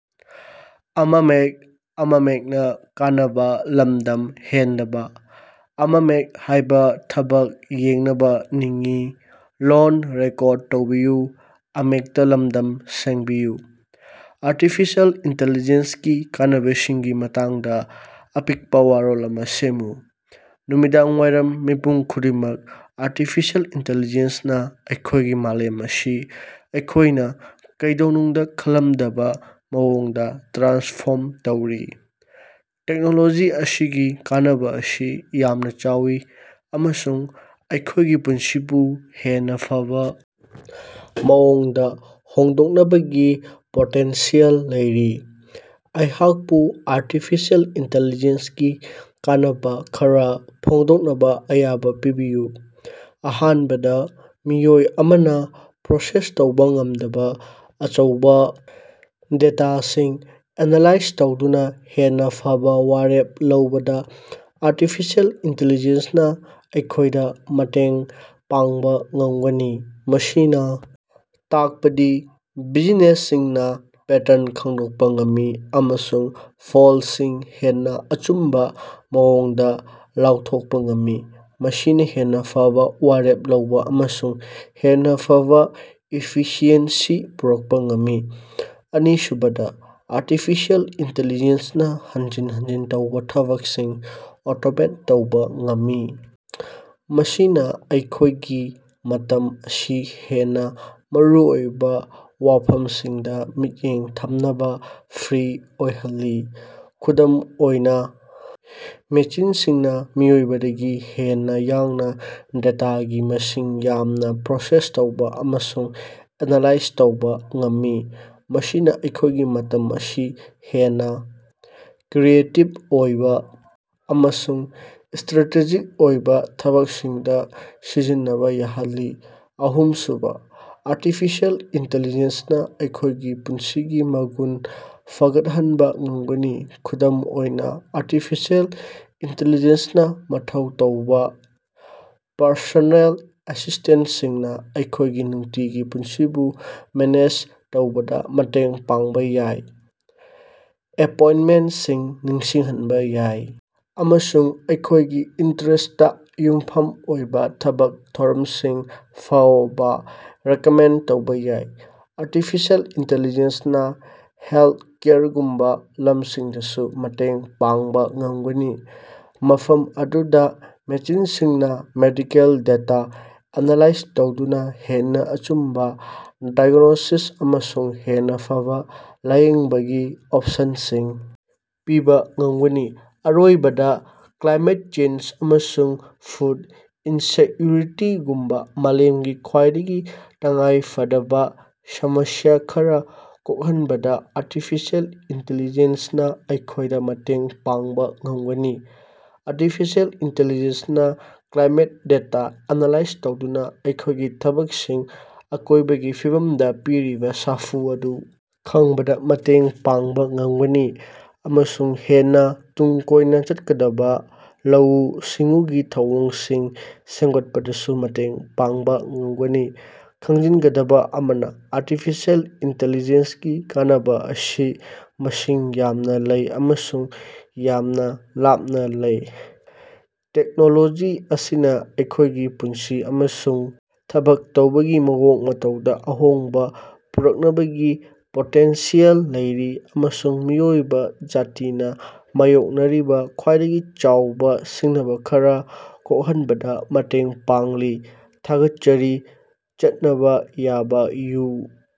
Artificial ꯏꯟꯇꯦꯂꯤꯖꯦꯟꯁꯀꯤ ꯀꯥꯟꯅꯕꯁꯤꯡꯒꯤ ꯃꯇꯥꯡꯗ ꯑꯄꯤꯛꯄ ꯋꯥꯔꯣꯜ ꯑꯃ ꯁꯦꯝꯃꯨ꯫ ꯅꯨꯃꯤꯗꯥꯡꯋꯥꯏꯔꯝ ꯃꯤꯄꯨꯝ ꯈꯨꯗꯤꯡꯃꯛ, ꯑꯥꯔꯇꯤꯐꯤꯁꯤꯑꯦꯜ ꯏꯟꯇꯤꯂꯤꯖꯦꯟꯁꯅꯥ ꯑꯩꯈꯣꯏꯒꯤ ꯃꯥꯂꯦꯝ ꯑꯁꯤ ꯑꯩꯈꯣꯏꯅ ꯀꯩꯗꯧꯅꯨꯡꯗ ꯈꯜꯂꯝꯗꯕ ꯃꯑꯣꯡꯗ ꯇ꯭ꯔꯥꯟꯁꯐꯣꯔꯝ ꯇꯧꯔꯤ꯫ ꯇꯦꯛꯅꯣꯂꯣꯖꯤ ꯑꯁꯤꯒꯤ ꯀꯥꯟꯅꯕ ꯑꯁꯤ ꯌꯥꯝꯅ ꯆꯥꯎꯏ ꯑꯃꯁꯨꯡ ꯑꯩꯈꯣꯏꯒꯤ ꯄꯨꯟꯁꯤꯕꯨ ꯍꯦꯟꯅ ꯐꯕ ꯃꯑꯣꯡꯗ ꯍꯣꯡꯗꯣꯛꯅꯕꯒꯤ ꯄꯣꯇꯦꯟꯁꯤꯌꯦꯜ ꯂꯩꯔꯤ꯫ ꯑꯩꯍꯥꯛꯄꯨ ꯑꯥꯔꯇꯤꯐꯤꯁꯤꯑꯦꯜ ꯏꯟꯇꯤꯂꯤꯖꯦꯟꯁꯒꯤ ꯀꯥꯟꯅꯕ ꯈꯔ ꯐꯣꯡꯗꯣꯛꯅꯕ ꯑꯌꯥꯕ ꯄꯤꯕꯤꯌꯨ꯫ ꯑꯍꯥꯟꯕꯗ, ꯃꯤꯑꯣꯏ ꯑꯃꯅ ꯄ꯭ꯔꯣꯁꯦꯁ ꯇꯧꯕ ꯉꯝꯗꯕ ꯑꯆꯧꯕ ꯗꯦꯇꯥꯁꯤꯡ ꯑꯦꯅꯥꯂꯥꯏꯖ ꯇꯧꯗꯨꯅ ꯍꯦꯟꯅ ꯐꯕ ꯋꯥꯔꯦꯞ ꯂꯧꯕꯗ ꯑꯥꯔꯇꯤꯐꯤꯁꯤꯑꯦꯜ ꯏꯟꯇꯤꯂꯤꯖꯦꯟꯁꯅꯥ ꯑꯩꯈꯣꯏꯗ ꯃꯇꯦꯡ ꯄꯥꯡꯕ ꯉꯝꯒꯅꯤ꯫ ꯃꯁꯤꯅ ꯇꯥꯛꯄꯗꯤ ꯕꯤꯖꯤꯅꯦꯁꯁꯤꯡꯅ ꯄꯦꯇꯔꯟꯁꯤꯡ ꯈꯪꯗꯣꯛꯄ ꯉꯝꯃꯤ ꯑꯃꯁꯨꯡ ꯐꯜꯁꯤꯡ ꯍꯦꯟꯅ ꯑꯆꯨꯝꯕ ꯃꯑꯣꯡꯗ ꯂꯥꯎꯊꯣꯛꯄ ꯉꯝꯃꯤ, ꯃꯁꯤꯅ ꯍꯦꯟꯅ ꯐꯕ ꯋꯥꯔꯦꯞ ꯂꯧꯕ ꯑꯃꯁꯨꯡ ꯍꯦꯟꯅ ꯐꯕ ꯏꯐꯤꯁꯤꯑꯦꯟꯁꯤ ꯄꯨꯔꯛꯄ ꯉꯝꯃꯤ꯫ ꯑꯅꯤꯁꯨꯕꯗꯥ, ꯑꯥꯔꯇꯤꯐꯤꯁꯤꯑꯦꯜ ꯏꯟꯇꯤꯂꯤꯖꯦꯟꯁꯅꯥ ꯍꯟꯖꯤꯟ ꯍꯟꯖꯤꯟ ꯇꯧꯕ ꯊꯕꯛꯁꯤꯡ ꯑꯣꯇꯣꯃꯦꯠ ꯇꯧꯕ ꯉꯝꯃꯤ, ꯃꯁꯤꯅ ꯑꯩꯈꯣꯏꯒꯤ ꯃꯇꯝ ꯑꯁꯤ ꯍꯦꯟꯅ ꯃꯔꯨꯑꯣꯏꯕ ꯋꯥꯐꯝꯁꯤꯡꯗ ꯃꯤꯠꯌꯦꯡ ꯊꯝꯅꯕ ꯐ꯭ꯔꯤ ꯑꯣꯏꯍꯜꯂꯤ꯫ ꯈꯨꯗꯝ ꯑꯣꯏꯅ, ꯃꯦꯆꯤꯟꯁꯤꯡꯅ ꯃꯤꯑꯣꯏꯕꯗꯒꯤ ꯍꯦꯟꯅ ꯌꯥꯡꯅ ꯗꯦꯇꯥꯒꯤ ꯃꯁꯤꯡ ꯌꯥꯝꯅ ꯄ꯭ꯔꯣꯁꯦꯁ ꯇꯧꯕ ꯑꯃꯁꯨꯡ ꯑꯦꯅꯥꯂꯥꯏꯖ ꯇꯧꯕ ꯉꯝꯃꯤ, ꯃꯁꯤꯅ ꯑꯩꯈꯣꯏꯒꯤ ꯃꯇꯝ ꯑꯁꯤ ꯍꯦꯟꯅ ꯀ꯭ꯔꯤꯌꯦꯇꯤꯕ ꯑꯣꯏꯕ ꯑꯃꯁꯨꯡ ꯁ꯭ꯇꯔꯦꯇꯦꯖꯤꯛ ꯑꯣꯏꯕ ꯊꯕꯛꯁꯤꯡꯗ ꯁꯤꯖꯤꯟꯅꯕ ꯌꯥꯍꯜꯂꯤ꯫ ꯑꯍꯨꯝꯁꯨꯕ, ꯑꯥꯔꯇꯤꯐꯤꯁꯤꯑꯦꯜ ꯏꯟꯇꯤꯂꯤꯖꯦꯟꯁꯅꯥ ꯑꯩꯈꯣꯏꯒꯤ ꯄꯨꯟꯁꯤꯒꯤ ꯃꯒꯨꯟ ꯐꯒꯠꯍꯟꯕ ꯉꯝꯒꯅꯤ꯫ ꯈꯨꯗꯝ ꯑꯣꯏꯅ, ꯑꯥꯔꯇꯤꯐꯤꯁꯤꯑꯦꯜ ꯏꯟꯇꯤꯂꯤꯖꯦꯟꯁꯅꯥ ꯃꯊꯧ ꯇꯧꯕ ꯄꯔꯁꯣꯅꯦꯜ ꯑꯦꯁꯤꯁ꯭ꯇꯦꯟꯇꯁꯤꯡꯅ ꯑꯩꯈꯣꯏꯒꯤ ꯅꯨꯡꯇꯤꯒꯤ ꯄꯨꯟꯁꯤꯕꯨ ꯃꯦꯅꯦꯖ ꯇꯧꯕꯗ ꯃꯇꯦꯡ ꯄꯥꯡꯕ ꯌꯥꯏ, ꯑꯦꯄꯣꯏꯟꯇꯃꯦꯟꯇꯁꯤꯡ ꯅꯤꯡꯁꯤꯡꯍꯟꯕ ꯌꯥꯏ, ꯑꯃꯁꯨꯡ ꯑꯩꯈꯣꯏꯒꯤ ꯏꯟꯇꯔꯦꯁ꯭ꯇ ꯌꯨꯝꯐꯝ ꯑꯣꯏꯕ ꯊꯕꯛ ꯊꯧꯔꯝꯁꯤꯡ ꯐꯥꯑꯣꯕ ꯔꯤꯀꯃꯦꯟꯗ ꯇꯧꯕ ꯌꯥꯏ꯫ ꯑꯥꯔꯇꯤꯐꯤꯁꯤꯑꯦꯜ ꯏꯟꯇꯤꯂꯤꯖꯦꯟꯁꯅꯥ ꯍꯦꯜꯊꯀꯦꯌꯔꯒꯨꯝꯕ ꯂꯝꯁꯤꯡꯗꯁꯨ ꯃꯇꯦꯡ ꯄꯥꯡꯕ ꯉꯝꯒꯅꯤ, ꯃꯐꯝ ꯑꯗꯨꯗ ꯃꯦꯆꯤꯟꯁꯤꯡꯅ ꯃꯦꯗꯤꯀꯦꯜ ꯗꯦꯇꯥ ꯑꯦꯅꯥꯂꯥꯏꯖ ꯇꯧꯗꯨꯅ ꯍꯦꯟꯅ ꯑꯆꯨꯝꯕ ꯗꯥꯏꯒ꯭ꯅꯣꯁꯤꯁ ꯑꯃꯁꯨꯡ ꯍꯦꯟꯅ ꯐꯕ ꯂꯥꯌꯦꯡꯕꯒꯤ ꯑꯣꯄꯁꯟꯁꯤꯡ ꯄꯤꯕ ꯉꯝꯒꯅꯤ꯫ ꯑꯔꯣꯏꯕꯗ, ꯀ꯭ꯂꯥꯏꯃꯦꯠ ꯆꯦꯟꯖ ꯑꯃꯁꯨꯡ ꯐꯨꯗ ꯏꯟꯁꯦꯛꯌꯨꯔꯤꯇꯤꯒꯨꯝꯕ ꯃꯥꯂꯦꯝꯒꯤ ꯈ꯭ꯋꯥꯏꯗꯒꯤ ꯇꯉꯥꯏꯐꯗꯕ ꯁꯃꯁ꯭ꯌ ꯈꯔ ꯀꯣꯛꯍꯟꯕꯗ ꯑꯥꯔꯇꯤꯐꯤꯁꯤꯑꯦꯜ ꯏꯟꯇꯤꯂꯤꯖꯦꯟꯁꯅꯥ ꯑꯩꯈꯣꯏꯗ ꯃꯇꯦꯡ ꯄꯥꯡꯕ ꯉꯝꯒꯅꯤ꯫ ꯑꯥꯔꯇꯤꯐꯤꯁꯤꯑꯦꯜ ꯏꯟꯇꯤꯂꯤꯖꯦꯟꯁꯅꯥ ꯀ꯭ꯂꯥꯏꯃꯦꯠ ꯗꯦꯇꯥ ꯑꯦꯅꯥꯂꯥꯏꯖ ꯇꯧꯗꯨꯅ ꯑꯩꯈꯣꯏꯒꯤ ꯊꯕꯛꯁꯤꯡꯅ ꯑꯀꯣꯏꯕꯒꯤ ꯐꯤꯕꯝꯗ ꯄꯤꯔꯤꯕ ꯁꯥꯐꯨ ꯑꯗꯨ ꯈꯪꯕꯗ ꯃꯇꯦꯡ ꯄꯥꯡꯕ ꯉꯝꯒꯅꯤ, ꯑꯃꯁꯨꯡ ꯍꯦꯟꯅ ꯇꯨꯡ ꯀꯣꯏꯅ ꯆꯠꯀꯗꯕ ꯂꯧꯎ-ꯁꯤꯡꯎꯒꯤ ꯊꯧꯑꯣꯡꯁꯤꯡ ꯁꯦꯝꯒꯠꯄꯗꯁꯨ ꯃꯇꯦꯡ ꯄꯥꯡꯕ ꯉꯝꯒꯅꯤ꯫ ꯈꯪꯖꯤꯟꯒꯗꯕ ꯑꯃꯅ, ꯑꯥꯔꯇꯤꯐꯤꯁꯤꯑꯦꯜ ꯏꯟꯇꯤꯂꯤꯖꯦꯟꯁꯒꯤ ꯀꯥꯟꯅꯕ ꯑꯁꯤ ꯃꯁꯤꯡ ꯌꯥꯝꯅ ꯂꯩ ꯑꯃꯁꯨꯡ ꯌꯥꯝꯅ ꯂꯥꯞꯅ ꯂꯩ꯫ ꯇꯦꯛꯅꯣꯂꯣꯖꯤ ꯑꯁꯤꯅ ꯑꯩꯈꯣꯏꯒꯤ ꯄꯨꯟꯁꯤ ꯑꯃꯁꯨꯡ ꯊꯕꯛ ꯇꯧꯕꯒꯤ ꯃꯑꯣꯡ ꯃꯇꯧꯗ ꯑꯍꯣꯡꯕ ꯄꯨꯔꯛꯅꯕꯒꯤ ꯄꯣꯇꯦꯟꯁꯤꯌꯦꯜ ꯂꯩꯔꯤ, ꯑꯃꯁꯨꯡ ꯃꯤꯑꯣꯏꯕ ꯖꯥꯇꯤꯅ ꯃꯥꯌꯣꯛꯅꯔꯤꯕ ꯈ꯭ꯋꯥꯏꯗꯒꯤ ꯆꯥꯎꯕ ꯁꯤꯡꯅꯕ ꯈꯔ ꯀꯣꯜꯍꯟꯕꯗ ꯃꯇꯦꯡ ꯄꯥꯡꯂꯤ꯫ ꯊꯥꯒꯠꯆꯔꯤ ꯆꯠꯅꯕ ꯌꯥꯕ ꯌꯨ